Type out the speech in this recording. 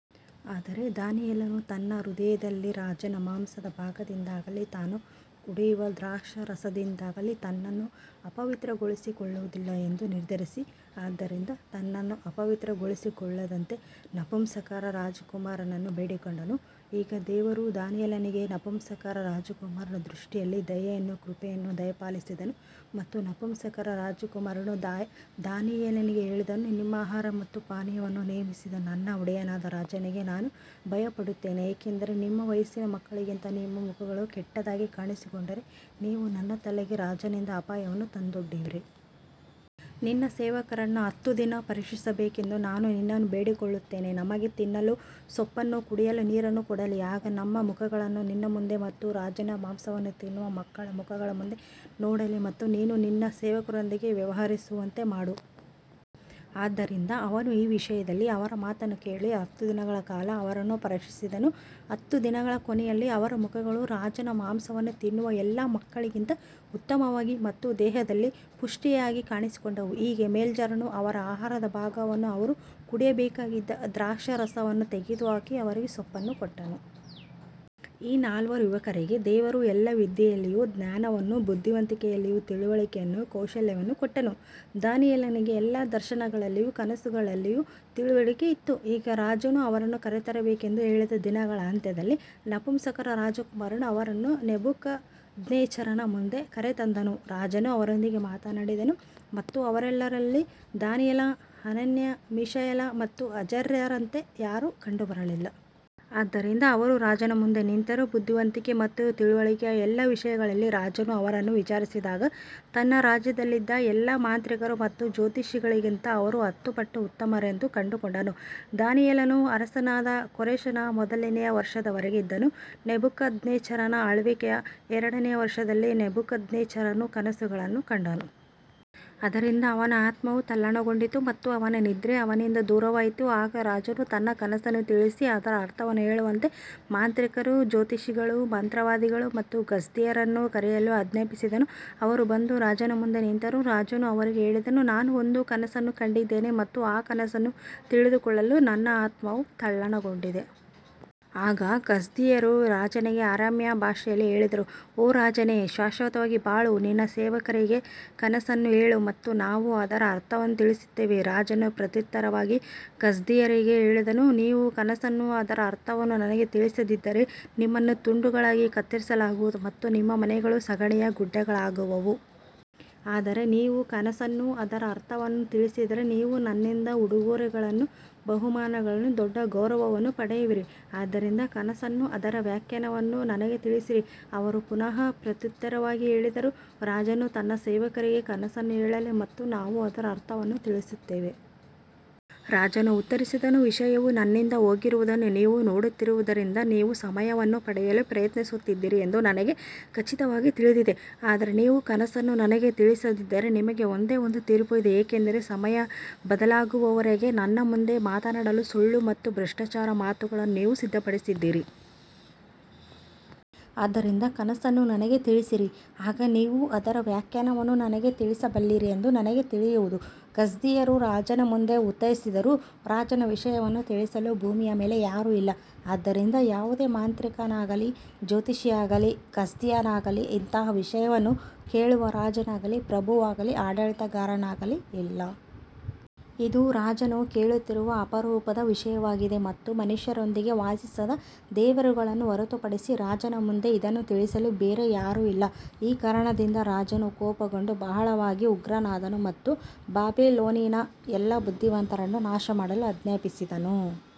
ಆದರೆ ದಾನಿಯೇಲನು ತನ್ನ ಹೃದಯದಲ್ಲಿ ರಾಜನ ಮಾಂಸದ ಭಾಗದಿಂದಾಗಲಿ ತಾನು ಕುಡಿಯುವ ದ್ರಾಕ್ಷಾರಸದಿಂದಾಗಲಿ ತನ್ನನ್ನು ಅಪವಿತ್ರಗೊಳಿಸಿಕೊಳ್ಳುವುದಿಲ್ಲ ಎಂದು ನಿರ್ಧರಿಸಿ, ಆದ್ದರಿಂದ ತನ್ನನ್ನು ಅಪವಿತ್ರಗೊಳಿಸಿಕೊಳ್ಳದಂತೆ ನಪುಂಸಕರ ರಾಜಕುಮಾರನನ್ನು ಬೇಡಿಕೊಂಡನು. ಈಗ ದೇವರು ದಾನಿಯೇಲನಿಗೆ ನಪುಂಸಕರ ರಾಜಕುಮಾರನ ದೃಷ್ಟಿಯಲ್ಲಿ ದಯೆಯನ್ನೂ ಕೃಪೆಯನ್ನೂ ದಯಪಾಲಿಸಿದನು. ಮತ್ತು ನಪುಂಸಕರ ರಾಜಕುಮಾರನು ದಾನಿಯೇಲನಿಗೆ ಹೇಳಿದನು, ನಿಮ್ಮ ಆಹಾರ ಮತ್ತು ಪಾನೀಯವನ್ನು ನೇಮಿಸಿದ ನನ್ನ ಒಡೆಯನಾದ ರಾಜನಿಗೆ ನಾನು ಭಯಪಡುತ್ತೇನೆ, ಏಕೆಂದರೆ ನಿಮ್ಮ ವಯಸ್ಸಿನ ಮಕ್ಕಳಿಗಿಂತ ನಿಮ್ಮ ಮುಖಗಳು ಕೆಟ್ಟದಾಗಿ ಕಾಣಿಸಿಕೊಂಡರೆ, ನೀವು ನನ್ನ ತಲೆಗೆ ರಾಜನಿಂದ ಅಪಾಯವನ್ನು ತಂದೊಡ್ಡುವಿರಿ. ನಿನ್ನ ಸೇವಕರನ್ನು ಹತ್ತು ದಿನ ಪರೀಕ್ಷಿಸಬೇಕೆಂದು ನಾನು ನಿನ್ನನ್ನು ಬೇಡಿಕೊಳ್ಳುತ್ತೇನೆ. ನಮಗೆ ತಿನ್ನಲು ಸೊಪ್ಪನ್ನೂ ಕುಡಿಯಲು ನೀರನ್ನೂ ಕೊಡಲಿ. ಆಗ ನಮ್ಮ ಮುಖಗಳನ್ನು ನಿನ್ನ ಮುಂದೆ ಮತ್ತು ರಾಜನ ಮಾಂಸವನ್ನು ತಿನ್ನುವ ಮಕ್ಕಳ ಮುಖಗಳ ಮುಂದೆ ನೋಡಲಿ ಮತ್ತು ನೀನು ನಿನ್ನ ಸೇವಕರೊಂದಿಗೆ ವ್ಯವಹರಿಸುವಂತೆ ಮಾಡು. ಆದ್ದರಿಂದ ಅವನು ಈ ವಿಷಯದಲ್ಲಿ ಅವರ ಮಾತನ್ನು ಕೇಳಿ ಹತ್ತು ದಿನಗಳ ಕಾಲ ಅವರನ್ನು ಪರೀಕ್ಷಿಸಿದನು. ಹತ್ತು ದಿನಗಳ ಕೊನೆಯಲ್ಲಿ ಅವರ ಮುಖಗಳು ರಾಜನ ಮಾಂಸವನ್ನು ತಿನ್ನುವ ಎಲ್ಲಾ ಮಕ್ಕಳಿಗಿಂತ ಉತ್ತಮವಾಗಿ ಮತ್ತು ದೇಹದಲ್ಲಿ ಪುಷ್ಟಿಯಾಗಿ ಕಾಣಿಸಿಕೊಂಡವು. ಹೀಗೆ ಮೆಲ್ಜಾರನು ಅವರ ಆಹಾರದ ಭಾಗವನ್ನೂ ಅವರು ಕುಡಿಯಬೇಕಾಗಿದ್ದ ದ್ರಾಕ್ಷಾರಸವನ್ನೂ ತೆಗೆದುಹಾಕಿ ಅವರಿಗೆ ಸೊಪ್ಪನ್ನು ಕೊಟ್ಟನು. ಈ ನಾಲ್ವರು ಯುವಕರಿಗೆ ದೇವರು ಎಲ್ಲಾ ವಿದ್ಯೆಯಲ್ಲಿಯೂ ಜ್ಞಾನವನ್ನೂ ಬುದ್ಧಿವಂತಿಕೆಯಲ್ಲಿಯೂ ತಿಳುವಳಿಕೆಯನ್ನೂ ಕೌಶಲ್ಯವನ್ನೂ ಕೊಟ್ಟನು. ದಾನಿಯೇಲನಿಗೆ ಎಲ್ಲಾ ದರ್ಶನಗಳಲ್ಲಿಯೂ ಕನಸುಗಳಲ್ಲಿಯೂ ತಿಳುವಳಿಕೆ ಇತ್ತು. ಈಗ ರಾಜನು ಅವರನ್ನು ಕರೆತರಬೇಕೆಂದು ಹೇಳಿದ ದಿನಗಳ ಅಂತ್ಯದಲ್ಲಿ ನಪುಂಸಕರ ರಾಜಕುಮಾರನು ಅವರನ್ನು ನೆಬೂಕದ್ನೆಚ್ಚರನ ಮುಂದೆ ಕರೆತಂದನು. ರಾಜನು ಅವರೊಂದಿಗೆ ಮಾತನಾಡಿದನು ಮತ್ತು ಅವರೆಲ್ಲರಲ್ಲಿ ದಾನಿಯೇಲ, ಹನನ್ಯ, ಮಿಶಾಯೇಲ ಮತ್ತು ಅಜರ್ಯರಂತೆ ಯಾರೂ ಕಂಡುಬರಲಿಲ್ಲ. ಆದ್ದರಿಂದ ಅವರು ರಾಜನ ಮುಂದೆ ನಿಂತರು. ಬುದ್ಧಿವಂತಿಕೆ ಮತ್ತು ತಿಳುವಳಿಕೆಯ ಎಲ್ಲಾ ವಿಷಯಗಳಲ್ಲಿ ರಾಜನು ಅವರನ್ನು ವಿಚಾರಿಸಿದಾಗ, ತನ್ನ ರಾಜ್ಯದಲ್ಲಿದ್ದ ಎಲ್ಲಾ ಮಾಂತ್ರಿಕರು ಮತ್ತು ಜ್ಯೋತಿಷಿಗಳಿಗಿಂತ ಅವರು ಹತ್ತು ಪಟ್ಟು ಉತ್ತಮರೆಂದು ಕಂಡುಕೊಂಡನು. ದಾನಿಯೇಲನು ಅರಸನಾದ ಕೋರೆಷನ ಮೊದಲನೆಯ ವರ್ಷದವರೆಗೆ ಇದ್ದನು. ನೆಬೂಕದ್ನೆಚ್ಚರನ ಆಳ್ವಿಕೆಯ ಎರಡನೆಯ ವರ್ಷದಲ್ಲಿ ನೆಬೂಕದ್ನೆಚ್ಚರನು ಕನಸುಗಳನ್ನು ಕಂಡನು. ಅದರಿಂದ ಅವನ ಆತ್ಮವು ತಲ್ಲಣಗೊಂಡಿತು ಮತ್ತು ಅವನ ನಿದ್ರೆ ಅವನಿಂದ ದೂರವಾಯಿತು. ಆಗ ರಾಜನು ತನ್ನ ಕನಸನ್ನು ತಿಳಿಸಿ ಅದರ ಅರ್ಥವನ್ನು ಹೇಳುವಂತೆ ಮಾಂತ್ರಿಕರು, ಜ್ಯೋತಿಷಿಗಳು, ಮಂತ್ರವಾದಿಗಳು ಮತ್ತು ಕಸ್ದೀಯರನ್ನು ಕರೆಯಲು ಆಜ್ಞಾಪಿಸಿದನು. ಅವರು ಬಂದು ರಾಜನ ಮುಂದೆ ನಿಂತರು. ರಾಜನು ಅವರಿಗೆ ಹೇಳಿದನು, ನಾನು ಒಂದು ಕನಸನ್ನು ಕಂಡಿದ್ದೇನೆ ಮತ್ತು ಆ ಕನಸನ್ನು ತಿಳಿದುಕೊಳ್ಳಲು ನನ್ನ ಆತ್ಮವು ತಲ್ಲಣಗೊಂಡಿದೆ. ಆಗ ಕಸ್ದೀಯರು ರಾಜನಿಗೆ ಅರಾಮ್ಯ ಭಾಷೆಯಲ್ಲಿ ಹೇಳಿದರು, ಓ ರಾಜನೇ, ಶಾಶ್ವತವಾಗಿ ಬಾಳು. ನಿನ್ನ ಸೇವಕರಿಗೆ ಕನಸನ್ನು ಹೇಳು ಮತ್ತು ನಾವು ಅದರ ಅರ್ಥವನ್ನು ತಿಳಿಸುತ್ತೇವೆ. ರಾಜನು ಪ್ರತ್ಯುತ್ತರವಾಗಿ ಕಸ್ದೀಯರಿಗೆ ಹೇಳಿದನು, ನೀವು ಕನಸನ್ನೂ ಅದರ ಅರ್ಥವನ್ನೂ ನನಗೆ ತಿಳಿಸದಿದ್ದರೆ ನಿಮ್ಮನ್ನು ತುಂಡುಗಳಾಗಿ ಕತ್ತರಿಸಲಾಗುವುದು ಮತ್ತು ನಿಮ್ಮ ಮನೆಗಳು ಸಗಣಿಯ ಗುಡ್ಡೆಗಳಾಗುವವು. ಆದರೆ ನೀವು ಕನಸನ್ನೂ ಅದರ ಅರ್ಥವನ್ನೂ ತಿಳಿಸಿದರೆ ನೀವು ನನ್ನಿಂದ ಉಡುಗೊರೆಗಳನ್ನೂ ಬಹುಮಾನಗಳನ್ನೂ ದೊಡ್ಡ ಗೌರವವನ್ನೂ ಪಡೆಯುವಿರಿ. ಆದ್ದರಿಂದ ಕನಸನ್ನೂ ಅದರ ವ್ಯಾಖ್ಯಾನವನ್ನೂ ನನಗೆ ತಿಳಿಸಿರಿ. ಅವರು ಪುನಃ ಪ್ರತ್ಯುತ್ತರವಾಗಿ ಹೇಳಿದರು, ರಾಜನು ತನ್ನ ಸೇವಕರಿಗೆ ಕನಸನ್ನು ಹೇಳಲಿ ಮತ್ತು ನಾವು ಅದರ ಅರ್ಥವನ್ನು ತಿಳಿಸುತ್ತೇವೆ. ರಾಜನು ಉತ್ತರಿಸಿದನು, ವಿಷಯವು ನನ್ನಿಂದ ಹೋಗಿರುವುದನ್ನು ನೀವು ನೋಡುತ್ತಿರುವುದರಿಂದ ನೀವು ಸಮಯವನ್ನು ಪಡೆಯಲು ಪ್ರಯತ್ನಿಸುತ್ತಿದ್ದೀರಿ ಎಂದು ನನಗೆ ಖಚಿತವಾಗಿ ತಿಳಿದಿದೆ. ಆದರೆ ನೀವು ಕನಸನ್ನು ನನಗೆ ತಿಳಿಸದಿದ್ದರೆ ನಿಮಗೆ ಒಂದೇ ಒಂದು ತೀರ್ಪು ಇದೆ. ಏಕೆಂದರೆ ಸಮಯ ಬದಲಾಗುವವರೆಗೆ ನನ್ನ ಮುಂದೆ ಮಾತನಾಡಲು ಸುಳ್ಳು ಮತ್ತು ಭ್ರಷ್ಟ ಮಾತುಗಳನ್ನು ನೀವು ಸಿದ್ಧಪಡಿಸಿದ್ದೀರಿ. ಆದ್ದರಿಂದ ಕನಸನ್ನು ನನಗೆ ತಿಳಿಸಿರಿ. ಆಗ ನೀವು ಅದರ ವ್ಯಾಖ್ಯಾನವನ್ನೂ ನನಗೆ ತಿಳಿಸಬಲ್ಲಿರಿ ಎಂದು ನನಗೆ ತಿಳಿಯುವುದು. ಕಸ್ದೀಯರು ರಾಜನ ಮುಂದೆ ಉತ್ತರಿಸಿದರು, ರಾಜನ ವಿಷಯವನ್ನು ತಿಳಿಸಲು ಭೂಮಿಯ ಮೇಲೆ ಯಾರೂ ಇಲ್ಲ. ಆದ್ದರಿಂದ ಯಾವುದೇ ಮಾಂತ್ರಿಕನಾಗಲಿ, ಜ್ಯೋತಿಷಿಯಾಗಲಿ, ಕಸ್ದೀಯನಾಗಲಿ ಇಂತಹ ವಿಷಯವನ್ನು ಕೇಳುವ ರಾಜನಾಗಲಿ, ಪ್ರಭುವಾಗಲಿ, ಆಡಳಿತಗಾರನಾಗಲಿ ಇಲ್ಲ. ಇದು ರಾಜನು ಕೇಳುತ್ತಿರುವ ಅಪರೂಪದ ವಿಷಯವಾಗಿದೆ ಮತ್ತು ಮನುಷ್ಯರೊಂದಿಗೆ ವಾಸಿಸದ ದೇವರುಗಳನ್ನು ಹೊರತುಪಡಿಸಿ ರಾಜನ ಮುಂದೆ ಇದನ್ನು ತಿಳಿಸಲು ಬೇರೆ ಯಾರೂ ಇಲ್ಲ. ಈ ಕಾರಣದಿಂದ ರಾಜನು ಕೋಪಗೊಂಡು ಬಹಳವಾಗಿ ಉಗ್ರನಾದನು ಮತ್ತು ಬಾಬಿಲೋನಿನ ಎಲ್ಲಾ ಬುದ್ಧಿವಂತರನ್ನು ನಾಶಮಾಡಲು ಆಜ್ಞಾಪಿಸಿದನು.